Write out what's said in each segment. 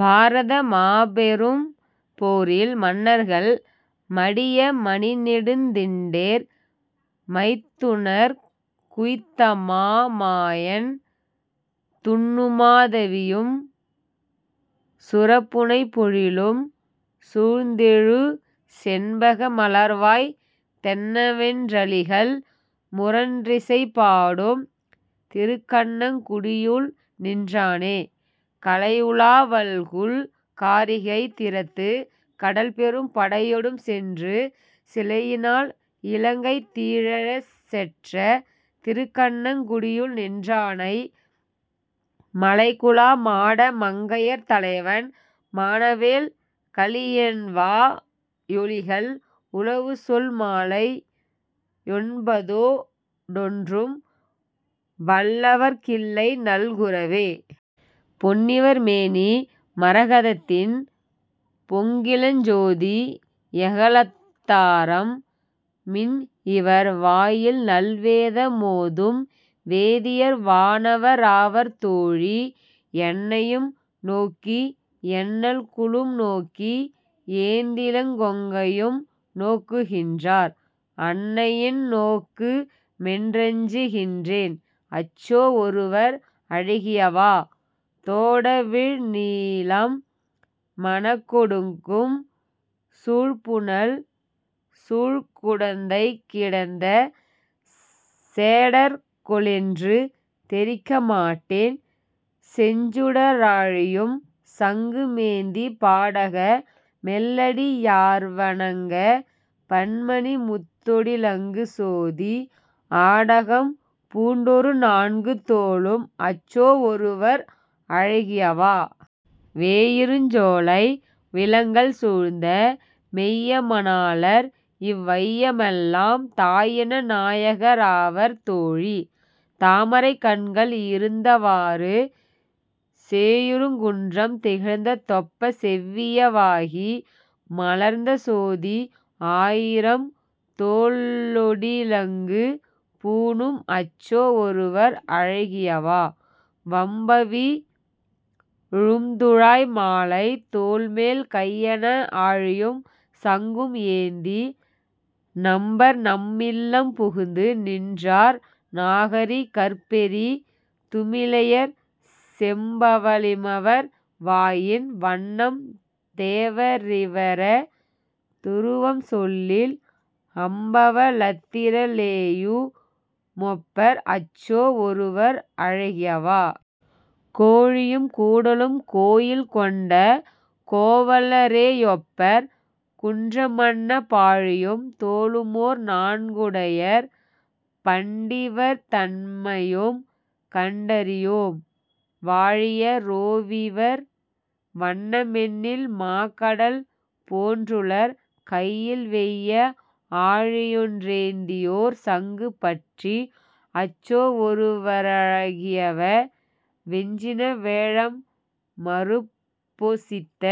பாரத மாபெரும் போரில் மன்னர்கள் மடிய மணிநெடுந் திண்டேர் மைத்துனர்க் குய்த்தமா மாயன் துன்னுமா தவியும் சுரபுனைப் பொழிலும் சூழ்ந்தெழு செண்பக மலர்வாய் தென்னவென் றளிகள் முரன்றிசை பாடும் திருக்கண்ணங் குடியுள்நின் றானே.. கலையுலாவல்குல் காரிகை திறத்துக் கடல்பெரும் படையொடும் சென்று சிலையினால் இலங்கை தீயெழச் செற்ற திருக்கண்ணங் குடியுள்நின் றானை மலைகுலா மாட மங்கையர் தலைவன் மானவேல் கலியன்வா யொலிகள் உலவுசொல் மாலை யொன்பதோ டொன்றும் வல்லவர்க் கில்லைநல் குரவே. பொன்னிவர் மேனி மரக தத்தின் பொங்கிளஞ் சோதி யகலத்தாரம் மின் இவர் வாயில்நல் வேத மோதும் வேதியர் வானவ ராவர்தோழீ, என்னையும் நோக்கியென் னல்குலும் நோக்கி ஏந்திளங் கொங்கையும் நோக்குகின்றார் அன்னையென் னோக்குமென் றஞ்சு கின்றேன் அச்சோ ஒருவர் அழகியவா.. தோடவிழ் நீலம் மணங்கொ டுக்கும் சூழ்புனல் சூழ்குடந் தைக்கிடந்த சேடர்கொ லென்று தெரிக்க மாட்டேன் செஞ்சுட ராழியும் சங்குமேந்தி பாடக மெல்லடி யார்வ ணங்கப் பன்மணி முத்தொடி லங்குசோதி ஆடகம் பூண்டொரு நான்கு தோளும் அச்சோ ஒருவர் அழகியவா.. வேயிருஞ் சோலை விலங்கல் சூழ்ந்த மெய்ய மணாளர் இவ் வையமெல்லாம் தாயின நாயக ராவர் தோழீ. தாமரைக் கண்கள் இருந்தவாறு, சேயிருங் குன்றம் திகழ்ந்த தொப்பச் செவ்விய வாகி மலர்ந்தசோதி ஆயிரம் தோளொ டிலங்கு பூணும் அச்சோ ஒருவர் அழகியவா.. வம்பவி ழும்துழாய் மாலை தோள்மேல் கையன ஆழியும் சங்கும் ஏந்தி, நம்பர்நம் மில்லம் புகுந்து நின்றார் நாகரி கர்பெரி துமிளையர் செம்பவ ளமிவர் வாயின் வண்ணம் தேவ ரிவர துருவம்சொல்லில் அம்பவ ளத்திர ளேயு மொப்பர் அச்சோ ஒருவர் அழகியவா.. கோழியும் கூடலும் கோயில் கொண்ட கோவல ரேயொப்பர் குன்றமன்ன பாழியும் தோளுமோர் நான்கு டையர் பண்டிவர் தம்மையும் கண்டறியோம் வாழிய ரோவிவர் வண்ண மெண்ணில் மாகடல் போன்றுளர் கையில்வெய்ய, ஆழியொன் றேந்தியோர் சங்கு பற்றி அச்சோவொருவரழகியவா.. வெஞ்சின வேழம் மருப்பொ சித்த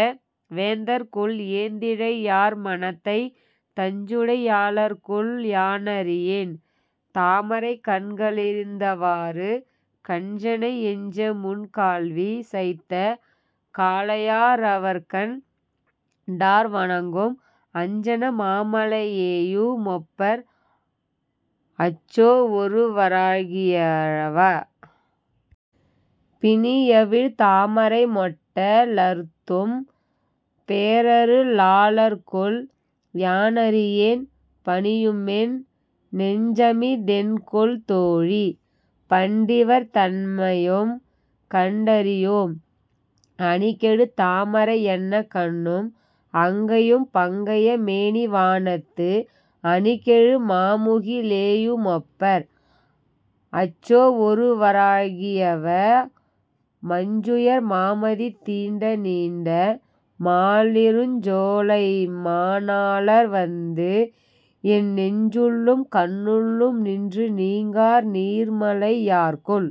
வேந்தர்கொல் ஏந்திழை யார்மனத்தை தஞ்சுடை யாளர்கொல் யான றியேன் தாமரைக் கண்க ளிருந்தவாறு கஞ்சனை யஞ்சமுன் கால்வி சைத்த காளையா ரவர்கண் டார்வணங்கும் அஞ்சன மாமலை யேயு மொப்பர் அச்சோவொருவரழகியவா.. பிணியவிழ் தாமரை மொட்ட லர்த்தும் பேரரு ளாளர்கொல்? யானறியேன், பணியுமென் நெஞ்சமி தென்கொல் தோழீ. பண்டிவர் தம்மையும் கண்டறியோம் அணிகெழு தாமரை யன்ன கண்ணும் அங்கையும் பங்கய மேனிவானத்து, அணிகெழு மாமுகி லேயு மொப்பர் அச்சோவொருவரழகியவா.. மஞ்சுயர் மாமதி தீண்ட நீண்ட மாலிருஞ் சோலைம ணாளர்வந்து என் நெஞ்சுள்ளும் கண்ணுள்ளும் நின்று நீங்கார் நீர்மலை யார்கொல்?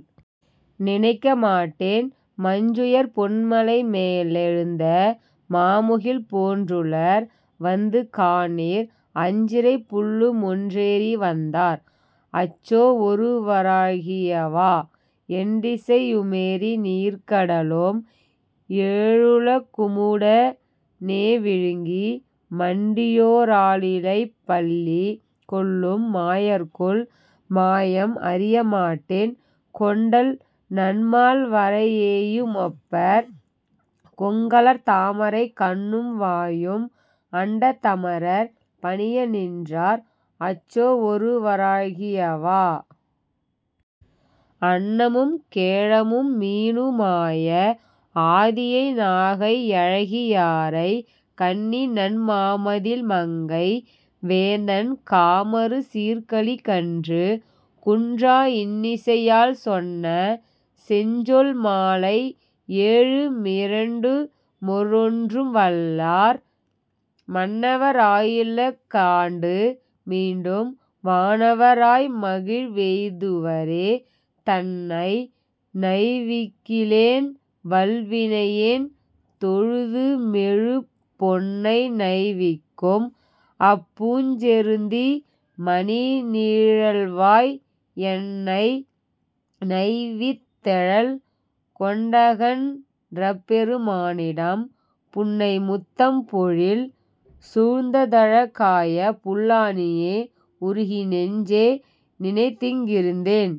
நினைக்கமாட்டேன்? மஞ்சுயர் பொன்மலை மேலெ ழுந்த மாமுகில் போன்றுளர் வந்துகாணீர் அஞ்சிறைப் புள்ளுமொன் றேறி வந்தார் அச்சோவொருவரழகியவா.. எண்டிசை யுமெறி நீர்க்க டலும் ஏழுல குமுட னேவிழுங்கி மண்டியோ ராலிலைப் பள்ளி கொள்ளும் மாயர்கொல்? மாயம் அறியமாட்டேன் கொண்டல்நன் மால்வரை யேயு மொப்பர் கொங்கலர் தாமரைக் கண்ணும்வாயும் அண்டத் தமரர் பணிய நின்றார் அச்சோவொருவரழகியவா.. அன்னமும் கேழமும் மீனு மாய ஆதியை நாகை யழகியாரை கன்னிநன் மாமதிள் மங்கை வேந்தன் காமரு சீர்க்கலி கன்றி குன்றா இன்னிசை யால்சொன்ன செஞ்சொல் மாலை ஏழு மிரண்டுமொ ரொன்றும்வல்லார், மன்னவ ராயுல காண்டு மீண்டும் வானவ ராய்மகிழ் வெய்துவரே. தன்னை நைவிக் கிலேன்வல் வினையேன் தொழுதுமெழு பொன்னை நைவிக்கும் அப்பூஞ் செருந்தி மணிநீழல்வாய் என்னைநை வித்தெழல் கொண்டகன் றபெரு மானிடம், புன்னைமுத் தம்பொழில் சூழ்ந்ததழ காய புல்லாணியே.. உருகி நெஞ்சே நினைந்திங் கிருந்தென்